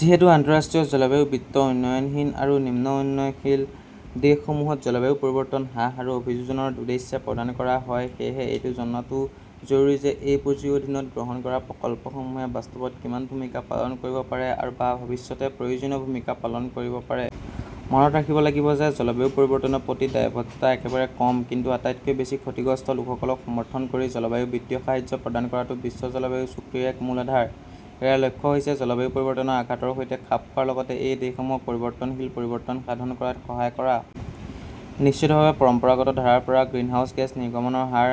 যিহেতু আন্তঃৰাষ্ট্ৰীয় জলবায়ু বিত্ত উন্নয়নহীন আৰু নিম্ন উন্নয়নশীল দেশসমূহত জলবায়ু পৰিৱৰ্তন হ্ৰাস আৰু অভিযোজনৰ উদ্দেশ্যে প্ৰদান কৰা হয়, সেয়েহে এইটো জনাটো জৰুৰী যে এই পুঁজিৰ অধীনত গ্ৰহণ কৰা প্ৰকল্পসমূহে বাস্তৱত কিমান ভূমিকা পালন কৰিব পাৰে বা ভৱিষ্যতে প্ৰয়োজনীয় ভূমিকা পালন কৰিব পাৰে। মনত ৰাখিব লাগিব যে জলবায়ু পৰিৱৰ্তনৰ প্ৰতি দায়বদ্ধতা একেবাৰে কম কিন্তু আটাইতকৈ বেছি ক্ষতিগ্ৰস্ত লোকসকলক সমৰ্থন কৰি জলবায়ু বিত্তীয় সাহায্য প্ৰদান কৰাটো বিশ্ব জলবায়ু চুক্তিৰ এক মূল আধাৰ। ইয়াৰ লক্ষ্য হৈছে জলবায়ু পৰিৱৰ্তনৰ আঘাতৰ সৈতে খাপ খোৱাৰ লগতে এই দেশসমূহক পৰিৱৰ্তনশীল পৰিৱৰ্তন সাধন কৰাত সহায় কৰা। নিশ্চিতভাৱে পৰম্পৰাগত ধাৰাৰ পৰা গ্ৰিনহাউজ গেছ নিৰ্গমনৰ হাৰ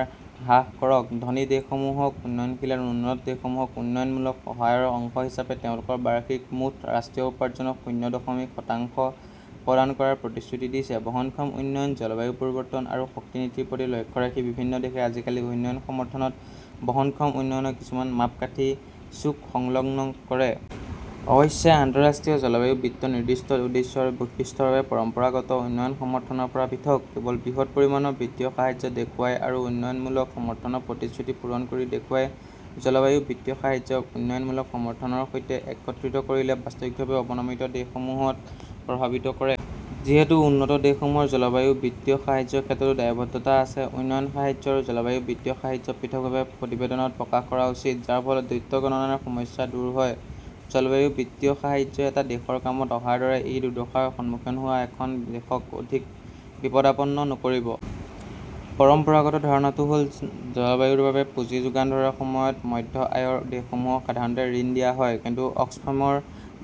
হ্ৰাস কৰক। ধনী দেশসমূহে উন্নয়নশীল আৰু অনুন্নত দেশসমূহক উন্নয়নমূলক সহায়ৰ অংশ হিচাপে তেওঁলোকৰ বাৰ্ষিক মুঠ ৰাষ্ট্ৰীয় উপাৰ্জনৰ শূন্য দশমিক শতাংশ প্ৰদান কৰাৰ প্ৰতিশ্ৰুতি দিছে। বহনক্ষম উন্নয়ন, জলবায়ু পৰিৱৰ্তন আৰু শক্তি নীতিৰ প্ৰতি লক্ষ্য ৰাখি বিভিন্ন দেশে আজিকালি উন্নয়ন সমৰ্থনত বহনক্ষম উন্নয়নৰ কিছুমান মাপকাঠি ূচক সংলগ্ন কৰে। অৱশ্যে, আন্তঃৰাষ্ট্ৰীয় জলবায়ু বিত্ত নিৰ্দিষ্ট উদ্দেশ্য আৰু বৈশিষ্ট্যৰ বাবে পৰম্পৰাগত উন্নয়ন সমৰ্থনৰ পৰা পৃথক। কেৱল বৃহৎ পৰিমাণৰ বিত্তীয় সাহায্য দেখুৱাই আৰু উন্নয়নমূলক সমৰ্থনৰ প্ৰতিশ্ৰুতি পূৰণ কৰি দেখুৱাই, জলবায়ু বিত্তীয় সাহায্যক উন্নয়নমূলক সমৰ্থনৰ সৈতে একত্ৰিত কৰিলে বাস্তৱিকভাৱে অৱনমিত দেশসমূহক প্ৰভাৱিত কৰে। যিহেতু উন্নত দেশসমূহৰ জলবায়ু বিত্তীয় সাহায্যৰ ক্ষেত্ৰতো দায়বদ্ধতা আছে; উন্নয়ন সাহায্য আৰু জলবায়ু বিত্তীয় সাহায্য পৃথকভাৱে প্ৰতিবেদনত প্ৰকাশ কৰা উচিত, যাৰ ফলত দ্বৈত গণনাৰ সমস্যা দূৰ হয়। জলবায়ু বিত্তীয় সাহায্য এটা দেশৰ কামত অহাৰ দৰে, ই দুৰ্দশাৰ সন্মুখীন হোৱা এখন দেশক অধিক বিপদাপন্ন নকৰিব। পৰম্পৰাগত ধাৰণাটো হ 'ল জলবায়ুৰ বাবে পুঁজি যোগান ধৰাৰ সময়ত মধ্য-আয়ৰ দেশসমূহক সাধাৰণতে' ঋণ "দিয়া হয়। কিন্তু অক্সফেমৰ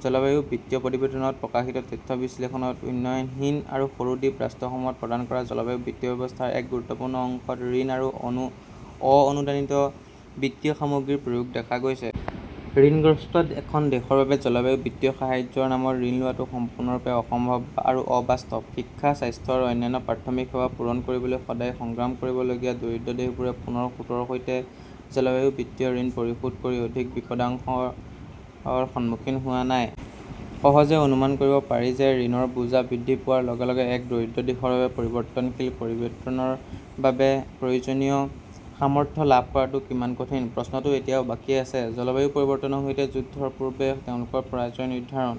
'জলবায়ু বিত্তীয় প্ৰতিবেদন ' ত প্ৰকাশিত তথ্য বিশ্লেষণত, উন্নয়নহীন আৰু সৰু দ্বীপ ৰাষ্ট্ৰসমূহত প্ৰদান কৰা জলবায়ু বিত্তীয় ব্যৱস্থাৰ এক গুৰুত্বপূৰ্ণ অংশ ত 'ঋণ' আৰু 'অ-অনুদানিত' বিত্তীয় সামগ্ৰীৰ প্ৰয়োগ দেখা গৈছে। ঋণগ্ৰস্ত এখন দেশৰ বাবে জলবায়ু বিত্তীয় সাহায্যৰ নামত ঋণ লোৱাটো সম্পূৰ্ণৰূপে অসম্ভৱ আৰু অবাস্তৱ। শিক্ষা, স্বাস্থ্য আৰু অন্যান্য প্ৰাথমিক সেৱা পূৰণ কৰিবলৈ সদায় সংগ্ৰাম কৰিবলগীয়া দৰিদ্ৰ দেশবোৰে পুনৰ সুতৰ সৈতে জলবায়ু বিত্তীয় ঋণ পৰিশোধ কৰি অধিক বিপদাশংকাৰ সন্মুখীন হোৱা নাই! সহজে অনুমান কৰিব পাৰি যে ঋণৰ বোজা বৃদ্ধি পোৱাৰ লগে লগে এক দৰিদ্ৰ দেশৰ বাবে পৰিৱৰ্তনশীল পৰিৱৰ্তনৰ বাবে প্ৰয়োজনীয় সামৰ্থ্য লাভ কৰাটো কিমান কঠিন। প্ৰশ্নটো এতিয়াও বাকী আছে, জলবায়ু পৰিৱৰ্তনৰ সৈতে যুদ্ধৰ পূৰ্বে তেওঁলোকৰ পৰাজয় নিৰ্ধাৰণ